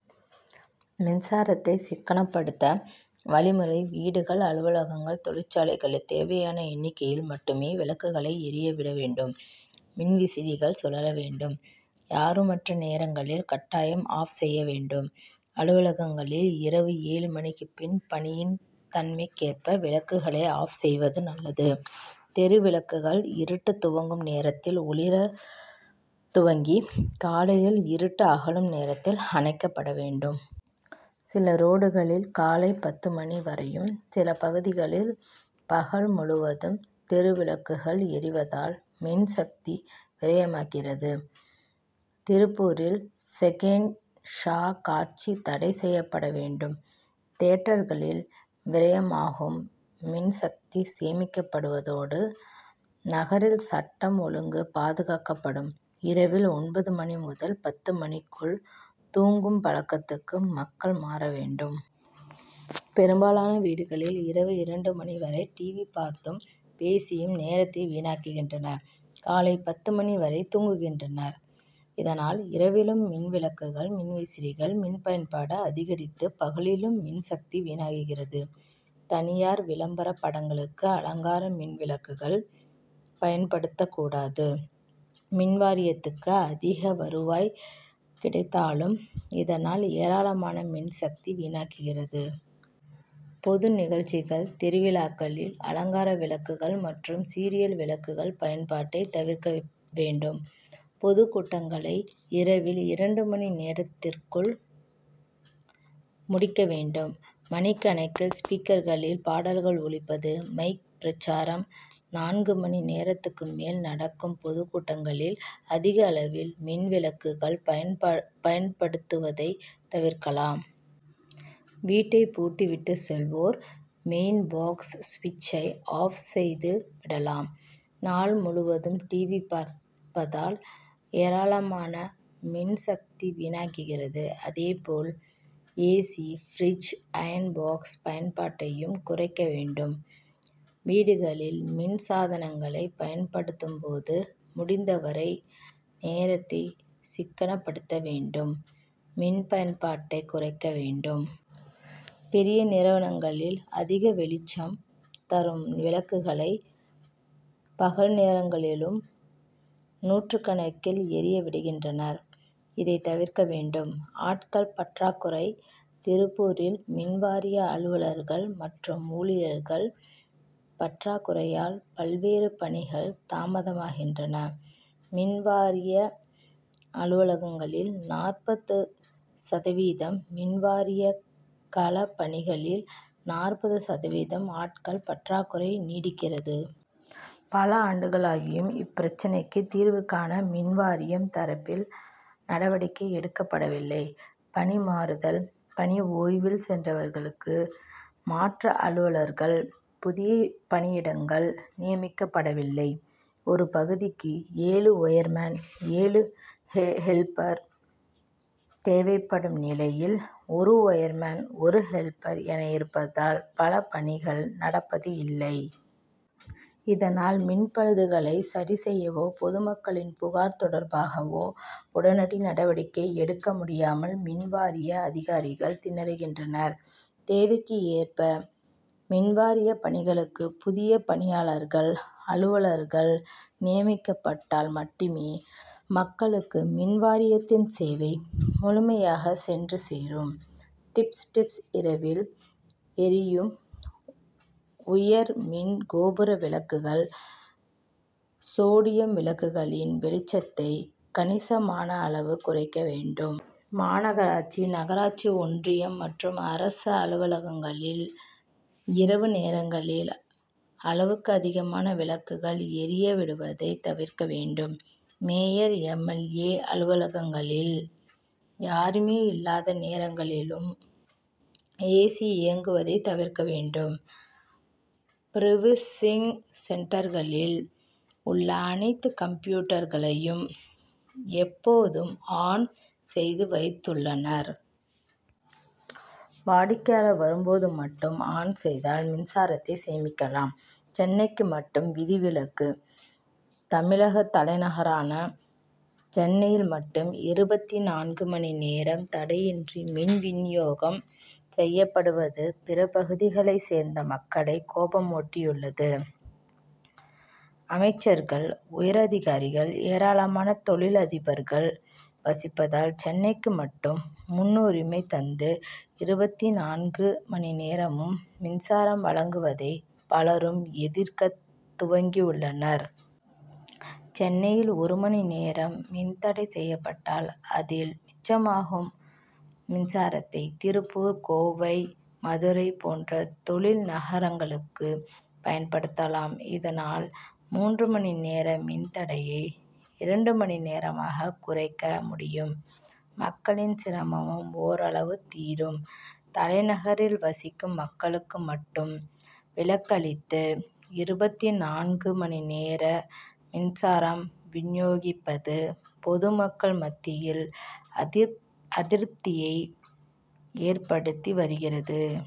மின்சாரத்தை சிக்கனப்படுத்த வழிமுறை வீடுகள் அலுவலகங்கள் தொழிற்சாலைகளில் தேவையான எண்ணிக்கையில் மட்டுமே விளக்குகளை எரிய விட வேண்டும் மின்விசிறிகள் சுழல வேண்டும். யாருமற்ற நேரங்களில் கட்டாயம் ஆப்'செய்ய வேண்டும். அலுவலகங்களில் இரவு ஏழு மணிக்குபின் பணியின் தன்மைக்கேற்ப விளக்குகளை ஆப் செய்வது நல்லது. தெருவிளக்குகள் இருட்டு துவங்கும் நேரத்தில் ஒளிர துவங்கி காலையில் இருட்டு அகலும் நேரத்தில் அணைக்கப்பட வேண்டும். சில ரோடுகளில் காலை பத்து மணி வரையும் சில பகுதிகளில் பகல் முழுவதும் தெருவிளக்குகள் எரிவதால் மின்சக்தி விரயமாகிறது. திருப்பூரில் செகண்ட் ஷா காட்சி தடை செய்யப்பட வேண்டும் தியேட்டர்களில் விரயமாகும் மின்சக்தி சேமிக்கப்படுவதோடு நகரில் சட்டம் ஒழுங்கு பாதுகாக்கப்படும். இரவில் ஒன்பது மணி முதல் பத்து மணிக்குள் தூங்கும் பழக்கத்துக்கு மக்கள் மாற வேண்டும். பெரும்பாலான வீடுகளில், இரவு இரண்டு மணி வரை டிவி பார்த்தும் பேசியும் நேரத்தை வீணாக்குகின்றனர் காலை பத்து மணி வரை தூங்குகின்றனர். இதனால் இரவிலும் மின்விளக்குகள் மின்விசிறிகள் மின் பயன்பாடு அதிகரித்து பகலிலும் மின்சக்தி வீணாகிறது. தனியார் விளம்பர படங்களுக்கு அலங்கார மின்விளக்குள் பயன்படுத்தக்கூடாது மின்வாரியத்துக்கு அதிக வருவாய் கிடைத்தாலும் இதனால் ஏராளமான மின்சக்தி வீணாகிறது. பொது நிகழ்ச்சிகள் திருவிழாக்களில் அலங்கார விளக்குகள் மற்றும் சீரியல் விளக்குகள் பயன்பாட்டை தவிர்க்க வேண்டும். பொதுக்கூட்டங்களை இரவில் இரண்டு மணி நேரத்துக்குள் முடிக்க வேண்டும். மணிக்கணக்கில் ஸ்பீக்கர்களில் பாடல்கள் ஒலிப்பது மைக் பிரசாரம் நான்கு மணி நேரத்துக்கு மேல் நடக்கும் பொதுக்கூட்டங்களில் அதிகளவில் மின்விளக்குகள் பயன்படுத்துவதை தவிர்க்கலாம். வீட்டை பூட்டி விட்டு செல்வோர் மெயின் பாக்ஸ் ஸ்விட்ச்சை ஆப் செய்து விடலாம். நாள் முழுவதும் டிவி பார்ப்பதால் ஏராளமான மின்சக்தி வீணாகிறது. அதேபோல் ஏ. சி.பிரிட்ஜ் அயர்ன் பாக்ஸ் பயன்பாட்டையும் குறைக்க வேண்டும். வீடுகளில் மின்சாதனங்களை பயன்படுத்தும்போது முடிந்தவரை நேரத்தை சிக்கனப்படுத்த வேண்டும் மின்பயன்பாட்டை குறைக்க வேண்டும். பெரிய நிறுவனங்களில் அதிக வெளிச்சம் தரும் விளக்குகளை பகல் நேரங்களிலும் நூற்றுக்கணக்கில் எரிய விடுகின்றனர். இதை தவிர்க்க வேண்டும். ஆட்கள் பற்றாக்குறை திருப்பூரில் மின்வாரிய அலுவலர்கள் மற்றும் ஊழியர்கள் பற்றாக்குறையால் பல்வேறு பணிகள் தாமதமாகின்றன. மின்வாரிய அலுவலகங்களில் நாற்பது சதவீதம் மின்வாரிய கள பணிகளில் நாற்பது சதவீதம் ஆட்கள் பற்றாக்குறை நீடிக்கிறது. பல ஆண்டுகளாகியும் இப்பிரச்னைக்கு தீர்வு காண மின்வாரியம் தரப்பில் நடவடிக்கை எடுக்கப்படவில்லை பணி மாறுதல் பணி ஓய்வில் சென்றவர்களுக்கு மாற்று அலுவலர்கள் புதிய பணியிடங்கள் நியமிக்கப்படவில்லை. ஒரு பகுதிக்கு ஏழு ஒயர் மேன் ஏழு ஹெல்ப்பர் தேவைப்படும் நிலையில் ஒரு ஒயர்மேன் ஒரு ஹெல்ப்பர் என இருப்பதால் பல பணிகள் நடப்பது இல்லை. இதனால் மின்பழுதுகளை சரிசெய்யவோ பொதுமக்களின் புகார் தொடர்பாகவோ உடனடி நடவடிக்கை எடுக்க முடியாமல் மின்வாரிய அதிகாரிகள் திணறுகின்றனர். தேவைக்கு ஏற்ப மின்வாரிய பணிகளுக்கு புதிய பணியாளர்கள் அலுவலர்கள் நியமிக்கப்பட்டால் மட்டுமே மக்களுக்கு மின்வாரியத்தின் சேவை முழுமையாக சென்று சேரும். டிப்ஸ்டிப்ஸ் இரவில் எரியும் உயர் மின்கோபுர விளக்குகள் சோடியம் விளக்குகளின் வெளிச்சத்தை கணி சமான அளவு குறைக்க வேண்டும். மாநகராட்சி நகராட்சி ஒன்றியம் மற்றும் அரசு அலுவலகங்களில் இரவு நேரங்களில் அளவுக்கு அதிகமான விளக்குகள் எரிய விடுவதை தவிர்க்க வேண்டும். Mayor M. எல். ஏ. அலுவலகங்களில் யாருமே இல்லாத நேரங்களிலும் ஏசி இயங்குவதை தவிர்க்க வேண்டும். பிரவுசிங் சென்டர்களில் உள்ள அனைத்து கம்ப்யூட்டர் களையும் எப்போதும் ஆன் செய்து வைத்துள்ளனர். வாடிக்கையாளர் வரும்போது மட்டும் ஆன் செய்தால் மின்சாரத்தை சேமிக்கலாம். சென்னைக்கு மட்டும் விதிவிலக்கு தமிழக தலைநகரான சென்னையில் மட்டும் இருபத்திநான்கு மணி நேரம் தடையின்றி மின் வினியோகம் செய்யப்படுவது பிற பகுதிகளை சேர்ந்த மக்களை கோபமூட்டியுள்ளது. அமைச் சர்கள் உயரதிகாரிகள் ஏராளமான தொழிலதிபர்கள் வசிப்பதால் சென்னைக்கு மட்டும் முன்னுரிமை தந்து இருபத்திநான்கு மணி நேரமும் மின்சாரம் வழங்குவதை பலரும் எதிர்க்க துவங்கியுள்ளனர். சென்னையில் ஒரு மணி நேரம் மின்தடை செய்யப் பட்டால் அதில் மிச்சமாகும் மின்சாரத்தை திருப்பூர் கோவை மதுரை போன்ற தொழில் நகரங்களுக்கு பயன் படுத்தலாம் இதனால் மூன்று மணி நேர மின்தடையை இரண்டு மணி நேரமாக குறைக்க முடியும் மக்களின் சிரமமும் ஓரளவு தீரும். தலைநகரில் வசிக்கும் மக்களுக்கு மட்டும் விலக்களித்து இருபத்திநான்கு மணி நேர மின்சாரம் வினியோகிப்பது பொதுமக்கள் மத்தியில் அதிருப்தியை ஏற்படுத்தி வருகிறது.